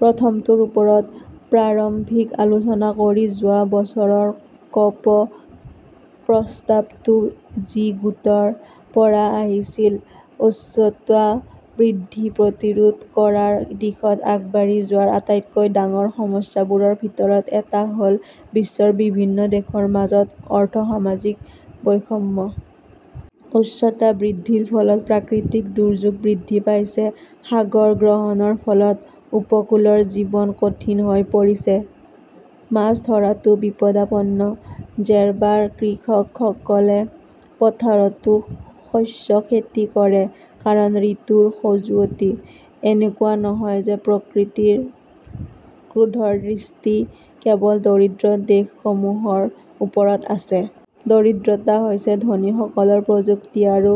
প্ৰথমটোৰ ওপৰত প্ৰাৰম্ভিক আলোচনা কৰি যোৱা বছৰৰ ক 'প. প্ৰস্তাৱটো জি- গোটৰ পৰা আহিছিল। উষ্ণতা বৃদ্ধি প্ৰতিৰোধ কৰাৰ দিশত আগবাঢ়ি যোৱাৰ আটাইতকৈ ডাঙৰ সমস্যাবোৰৰ ভিতৰত এটা হ'ল বিশ্বৰ বিভিন্ন দেশৰ মাজত অৰ্থ-সামাজিক বৈষম্য। উষ্ণতা বৃদ্ধিৰ ফলত প্ৰাকৃতিক দুৰ্যোগ বৃদ্ধি পাইছে। সাগৰ গ্ৰহণৰ ফলত উপকূলৰ জীৱন কঠিন হৈ পৰিছে। মাছ ধৰাটো বিপদাপন্ন। জেৰ্বাৰ কৃষকসকলে পথাৰতো শস্য খেতি কৰে। কাৰণ, ঋতুৰ খজুৱতি। এনেকুৱা নহয় যে প্ৰকৃতিৰ ক্ৰোধৰ দৃষ্টি কেৱল দৰিদ্ৰ দেশসমূহৰ ওপৰত আছে। দৰিদ্ৰতা হৈছে ধনীসকলৰ প্ৰযুক্তি আৰু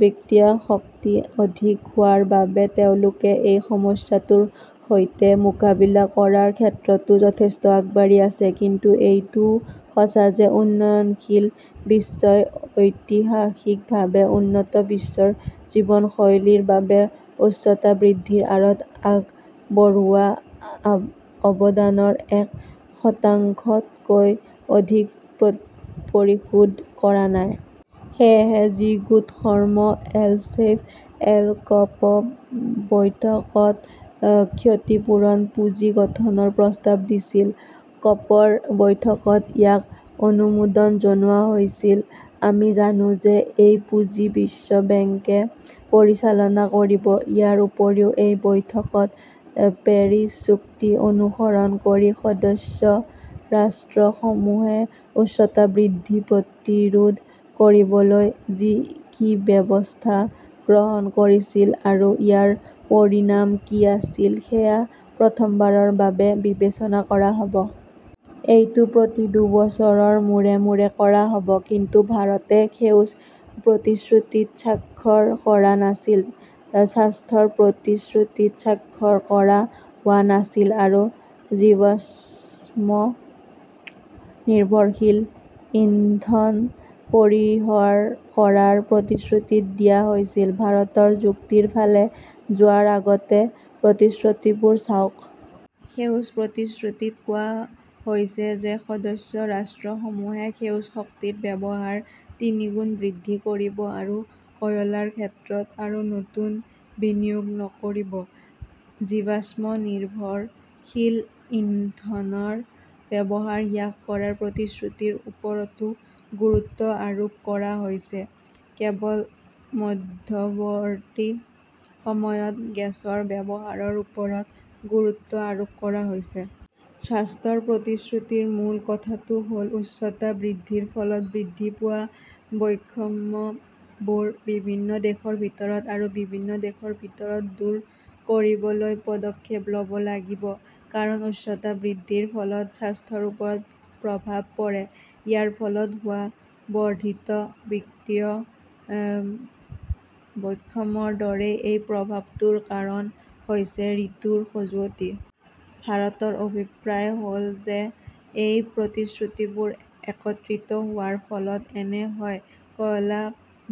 বিত্তীয় শক্তি অধিক হোৱাৰ বাবে তেওঁলোকে এই সমস্যাটোৰ সৈতে মোকাবিলা কৰাৰ ক্ষেত্ৰতো যথেষ্ট আগবাঢ়ি আছে। কিন্তু এইটোও সঁচা যে উন্নয়নশীল বিশ্বই ঐতিহাসিকভাৱে উন্নত বিশ্বৰ জীৱনশৈলীৰ বাবে উষ্ণতা বৃদ্ধিৰ আঁৰত আগবঢ়োৱা অৱদানৰ এক শতাংশতকৈ অধিক পৰিশোধ কৰা নাই। সেয়েহে জি- গোট শৰ্ম এল-শ্বেইখ -এ ক 'প বৈঠকত ক্ষতিপূৰণ পুঁজি গঠনৰ প্ৰস্তাৱ দিছিল। কপ -ৰ বৈঠকত ইয়াক অনুমোদন জনোৱা হৈছিল। আমি জানো যে এই পুঁজি বিশ্ব বেংকে পৰিচালনা কৰিব। ইয়াৰ উপৰিও, এই বৈঠকত পেৰিছ চুক্তি অনুসৰণ কৰি সদস্য ৰাষ্ট্ৰসমূহে উষ্ণতা বৃদ্ধি প্ৰতিৰোধ কৰিবলৈ কি ব্যৱস্থা গ্ৰহণ কৰিছিল আৰু ইয়াৰ পৰিণাম কি আছিল সেয়া প্ৰথমবাৰৰ বাবে বিবেচনা কৰা হ'ব। এইটো প্ৰতি দুবছৰৰ মূৰে মূৰে কৰা হ'ব। কিন্তু ভাৰতে সেউজ প্ৰতিশ্ৰুতিত স্বাক্ষৰ কৰা নাছিল। স্বাস্থ্যৰ প্ৰতিশ্ৰুতিত স্বাক্ষৰ কৰা হোৱা নাছিল আৰু জীৱাশ্ম-নিৰ্ভৰশীল ইন্ধন পৰিহাৰ কৰাৰ প্ৰতিশ্ৰুতিও দিয়া হৈছিল। ভাৰতৰ যুক্তিৰ ফালে যোৱাৰ আগতে প্ৰতিশ্ৰুতিবোৰ চাওক। সেউজ প্ৰতিশ্ৰুতিত কোৱা হৈছে যে সদস্য ৰাষ্ট্ৰসমূহে সেউজ শক্তিৰ ব্যৱহাৰ তিনিগুণ বৃদ্ধি কৰিব আৰু কয়লাৰ ক্ষেত্ৰত আৰু নতুন বিনিয়োগ নকৰিব। জীৱাশ্ম-নিৰ্ভৰশীল ইন্ধনৰ ব্যৱহাৰ হ্ৰাস কৰাৰ প্ৰতিশ্ৰুতিৰ ওপৰতো গুৰুত্ব আৰোপ কৰা হৈছে। কেৱল মধ্যৱৰ্তী সময়ত গেছৰ ব্যৱহাৰৰ ওপৰত গুৰুত্ব আৰোপ কৰা হৈছে। স্বাস্থ্যৰ প্ৰতিশ্ৰুতিৰ মূল কথাটো হ'ল উষ্ণতা বৃদ্ধিৰ ফলত বৃদ্ধি পোৱা বৈষম্যবোৰ বিভিন্ন দেশৰ ভিতৰত আৰু বিভিন্ন দেশৰ ভিতৰত দূৰ কৰিবলৈ পদক্ষেপ ল'ব লাগিব। কাৰণ, উষ্ণতা বৃদ্ধিৰ ফলত স্বাস্থ্যৰ ওপৰত প্ৰভাৱ পৰে। ইয়াৰ ফলত হোৱা বৰ্ধিত বিত্তীয় বৈষম্যৰ দৰেই এই প্ৰভাৱটোৰ কাৰণ হৈছে ঋতুৰ খজুৱতি। ভাৰতৰ অভিপ্ৰায় হ'ল যে এই প্ৰতিশ্ৰুতিবোৰ একত্ৰিত হোৱাৰ ফলত এনে হয়ঃ কয়লা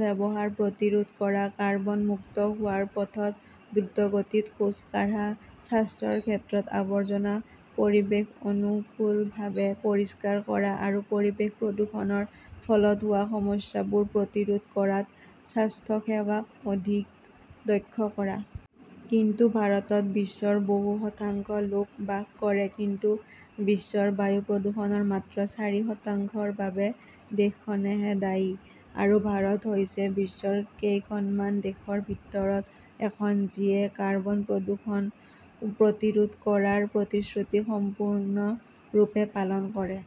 ব্যৱহাৰ প্ৰতিৰোধ কৰা; কাৰ্বন মুক্ত হোৱাৰ পথত দ্ৰুতগতিত খোজ কাঢ়া; স্বাস্থ্যৰ ক্ষেত্ৰত আৱৰ্জনা পৰিৱেশ অনুকূলভাৱে পৰিষ্কাৰ কৰা; আৰু পৰিৱেশ প্ৰদূষণৰ ফলত হোৱা সমস্যাবোৰ প্ৰতিৰোধ কৰাত স্বাস্থ্যসেৱাক অধিক দক্ষ কৰা। কিন্তু ভাৰতত বিশ্বৰ বহু শতাংশ লোক বাস কৰে। কিন্তু বিশ্বৰ বায়ু প্ৰদূষণৰ মাত্ৰ চাৰি শতাংশৰ বাবে দেশখনেহে দায়ী। আৰু ভাৰত হৈছে বিশ্বৰ কেইখনমান দেশৰ ভিতৰত এখন যিয়ে কাৰ্বন প্ৰদূষণ প্ৰতিৰোধ কৰাৰ প্ৰতিশ্ৰুতি সম্পূৰ্ণৰূপে পালন কৰে।